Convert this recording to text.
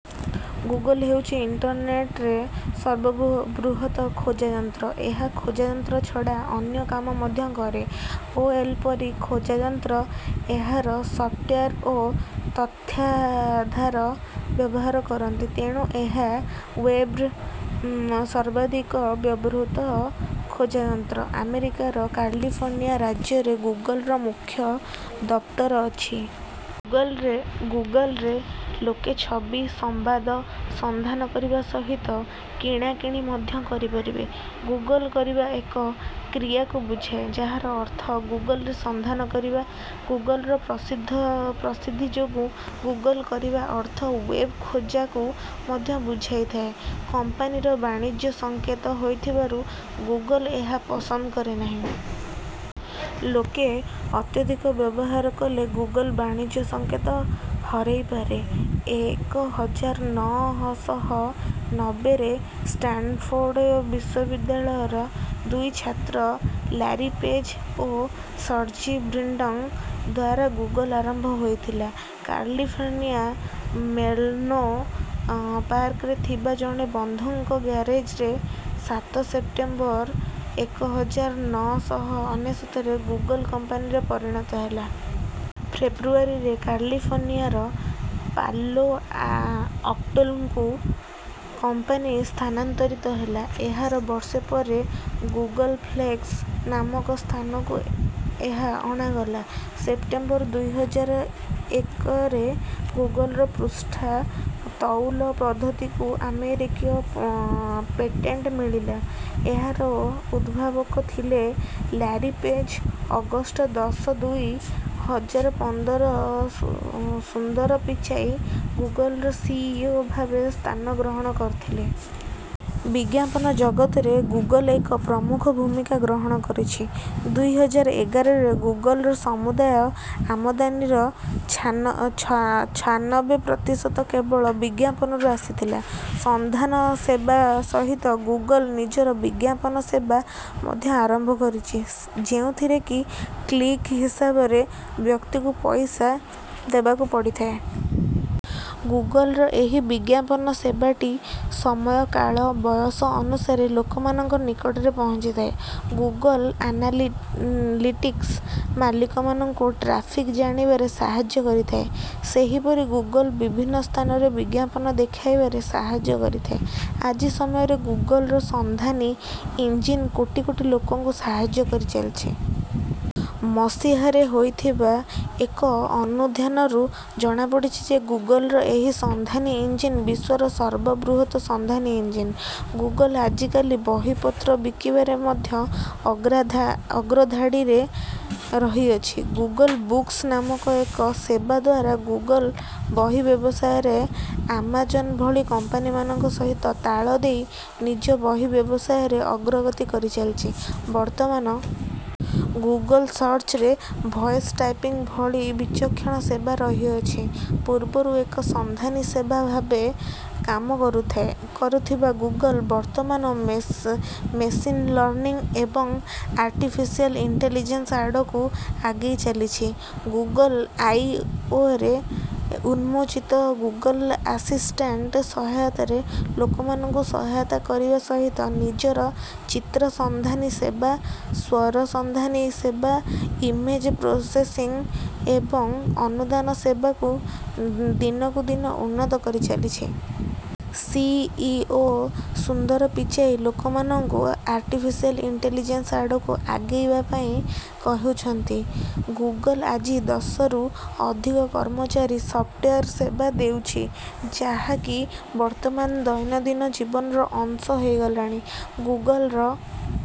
Google ହେଉଛି ଇଣ୍ଟରନେଟରେ ସର୍ବବୃହତ ଖୋଜାଯନ୍ତ୍ର। ଏହା ଖୋଜାଯନ୍ତ୍ର ଛଡ଼ା ଅନ୍ୟ କାମ ମଧ୍ୟ କରେ। ଏଓଏଲ୍ ପରି ଖୋଜାଯନ୍ତ୍ର ଏହାର ସଫ୍ଟୱେର୍ ଓ ତଥ୍ୟାଧାର ବ୍ୟବହାର କରନ୍ତି। ତେଣୁ ଏହା ୱେବ୍ର ସର୍ବାଧିକ ବ୍ୟବହୃତ ଖୋଜାଯନ୍ତ୍ର। ଆମେରିକାର କାଲିଫର୍ନିଆ ରାଜ୍ୟରେ ଗୁଗଲର ମୁଖ୍ୟ ଦପ୍ତର ଅଛି। ଗୁଗଲରେ ଲୋକେ ଛବି, ସମ୍ବାଦ ସନ୍ଧାନ କରିବା ସହିତ କିଣାକିଣି ମଧ୍ୟ କରିପାରିବେ। ଗୁଗଲ କରିବା ଏକ କ୍ରିୟାକୁ ବୁଝାଏ, ଯାହାର ଅର୍ଥ ଗୁଗଲରେ ସନ୍ଧାନ କରିବା। ଗୁଗଲର ପ୍ରସିଦ୍ଧି ଯୋଗୁ, ଗୁଗଲ କରିବା ଅର୍ଥ ୱେବ୍ ଖୋଜାକୁ ମଧ୍ୟ ବୁଝାଇଥାଏ। କମ୍ପାନୀର ବାଣିଜ୍ୟସଂକେତ ହୋଇଥିବାରୁ ଗୁଗଲ ଏହା ପସନ୍ଦ କରେ ନାହିଁ। ଲୋକେ ଅତ୍ୟଧିକ ବ୍ୟବହାର କଲେ ଗୁଗଲ ବାଣିଜ୍ୟସଂକେତ ହରେଇପାରେ। ଏକ ହଜାର ନଅ ଶହ ନବେରେ ଷ୍ଟାନ୍ଫୋର୍ଡ଼୍ ବିଶ୍ୱବିଦ୍ୟାଳୟର ଦୁଇ ଛାତ୍ର ଲାରୀ ପେଜ୍ ଓ ସର୍ଜି ବ୍ରିନ୍ଙ୍କ ଦ୍ୱାରା ଗୁଗଲ ଆରମ୍ଭ ହୋଇଥିଲା। କାଲିଫର୍ନିଆର ମେନ୍ଲୋ ପାର୍କରେ ଥିବା ଜଣେ ବନ୍ଧୁଙ୍କ ଗ୍ୟାରେଜ୍ରେ ସାତ ସେପ୍ଟେମ୍ବର, ଏକ ହଜାର ନଅ ଶହ ଅନେଶତରେ ଗୁଗଲ କମ୍ପାନୀରେ ପରିଣତ ହେଲା। ଫେବ୍ରୁଆରୀରେ କାଲିଫର୍ନିଆର ପାଲୋ ଆଲ୍ଟୋକୁ କମ୍ପାନୀ ସ୍ଥାନାନ୍ତରିତ ହେଲା। ଏହାର ବର୍ଷେ ପରେ ଗୁଗଲ୍ପ୍ଲେକ୍ସ ନାମକ ସ୍ଥାନକୁ ଏହା ଅଣାଗଲା। ସେପ୍ଟେମ୍ବର ଦୁଇ ହଜାର ଏକରେ ଗୁଗଲର ପୃଷ୍ଠା ତଉଲ ପଦ୍ଧତିକୁ ଆମେରିକୀୟ ପେଟେଣ୍ଟ ମିଳିଲା। ଏହାର ଉଦ୍ଭାବକ ଥିଲେ ଲାରୀ ପେଜ୍। ଅଗଷ୍ଟ ଦଶ, ଦୁଇ ହଜାର ପନ୍ଦରରେ ସୁନ୍ଦର ପିଚାଇ ଗୁଗଲର ସିଇଓ ଭାବେ ସ୍ଥାନ ଗ୍ରହଣ କରିଥିଲେ। ବିଜ୍ଞାପନ ଜଗତରେ ଗୁଗଲ ଏକ ପ୍ରମୁଖ ଭୂମିକା ଗ୍ରହଣ କରିଛି। ଦୁଇ ହଜାର ଏଗାରରେ ଗୁଗଲର ସମୁଦାୟ ଆମଦାନିର ଛାନବେ ପ୍ରତିଶତ କେବଳ ବିଜ୍ଞାପନରୁ ଆସିଥିଲା। ସନ୍ଧାନ ସେବା ସହିତ ଗୁଗଲ ନିଜର ବିଜ୍ଞାପନ ସେବା ମଧ୍ୟ ଆରମ୍ଭ କରିଛି, ଯେଉଁଥିରେ କି କ୍ଲିକ୍ ହିସାବରେ ବ୍ୟକ୍ତିକୁ ପଇସା ଦେବାକୁ ପଡ଼ିଥାଏ। ଗୁଗଲର ଏହି ବିଜ୍ଞାପନ ସେବାଟି ସମୟ, କାଳ, ବୟସ ଅନୁସାରେ ଲୋକମାନଙ୍କ ନିକଟରେ ପହଞ୍ଚିଥାଏ। ଗୁଗଲ ଆନାଲିଟିକ୍ସ, ମାଲିକମାନଙ୍କୁ ଟ୍ରାଫିକ୍ ଜାଣିବାରେ ସାହାଯ୍ୟ କରିଥାଏ। ସେହିପରି ଗୁଗଲ ବିଭିନ୍ନ ସ୍ଥାନରେ ବିଜ୍ଞାପନ ଦେଖାଇବାରେ ସାହାଯ୍ୟ କରିଥାଏ। ଆଜି ସମୟରେ ଗୁଗଲର ସନ୍ଧାନୀ ଇଞ୍ଜିନ୍ କୋଟି କୋଟି ଲୋକଙ୍କୁ ସାହାଯ୍ୟ କରି ଚାଲିଛି। ମସିହାରେ ହୋଇଥିବା ଏକ ଅନୁଧ୍ୟାନରୁ ଜଣାପଡ଼ିଛି ଯେ ଗୁଗଲର ଏହି ସନ୍ଧାନୀ ଇଞ୍ଜିନ୍ ବିଶ୍ୱର ସର୍ବବୃହତ ସନ୍ଧାନୀ ଇଞ୍ଜିନ୍। ଗୁଗଲ ଆଜିକାଲି ବହିପତ୍ର ବିକିବାରେ ମଧ୍ୟ ଅଗ୍ରଧାଡ଼ିରେ ରହିଅଛି। ଗୁଗଲ ବୁକ୍ସ ନାମକ ଏକ ସେବା ଦ୍ୱାରା ଗୁଗଲ ବହି ବ୍ୟବସାୟରେ ଆମାଜନ୍ ଭଳି କମ୍ପାନୀମାନଙ୍କ ସହିତ ତାଳ ଦେଇ, ନିଜ ବହି ବ୍ୟବସାୟରେ ଅଗ୍ରଗତି କରି ଚାଲିଛି। ବର୍ତ୍ତମାନ ଗୁଗଲ ସର୍ଚ୍ଚରେ ଭଏସ୍ ଟାଇପିଂ ଭଳି ବିଚକ୍ଷଣ ସେବା ରହିଅଛି। ପୂର୍ବରୁ ଏକ ସନ୍ଧାନୀ ସେବା ଭାବେ କାମ କରୁଥିବା ଗୁଗଲ, ବର୍ତ୍ତମାନ ମେସିନ୍ ଲର୍ନିଂ ଏବଂ ଆର୍ଟିଫିସିଆଲ୍ ଇଣ୍ଟେଲିଜେନ୍ସ ଆଡ଼କୁ ଆଗେଇ ଚାଲିଛି। ଗୁଗଲ ଆଇ ଓରେ ଉନ୍ମୋଚିତ ଗୁଗଲ ଆସିଷ୍ଟାଣ୍ଟ ସହାୟତାରେ ଲୋକମାନଙ୍କୁ ସହାୟତା କରିବା ସହିତ, ନିଜର ଚିତ୍ର ସନ୍ଧାନୀ ସେବା, ସ୍ୱର ସନ୍ଧାନୀ ସେବା, ଇମେଜ୍ ପ୍ରୋସେସିଂ ଏବଂ ଅନୁବାଦ ସେବାକୁ ଦିନକୁ ଦିନ ଉନ୍ନତ କରିଚାଲିଛି। ସିଇଓ ସୁନ୍ଦର ପିଚାଇ ଲୋକମାନଙ୍କୁ ଆର୍ଟିଫିସିଆଲ୍ ଇଣ୍ଟେଲିଜେନ୍ସ ଆଡ଼କୁ ଆଗେଇବା ପାଇଁ କହିଛନ୍ତି। ଗୁଗଲ ଆଜି ଦଶରୁ ଅଧିକ କାର୍ଯ୍ୟକାରୀ ସଫ୍ଟୱେର୍ ସେବା ଦେଉଛି, ଯାହାକି ବର୍ତ୍ତମାନ ଦୈନନ୍ଦିନ ଜୀବନର ଅଂଶ ହୋଇଗଲାଣି। ଗୁଗଲର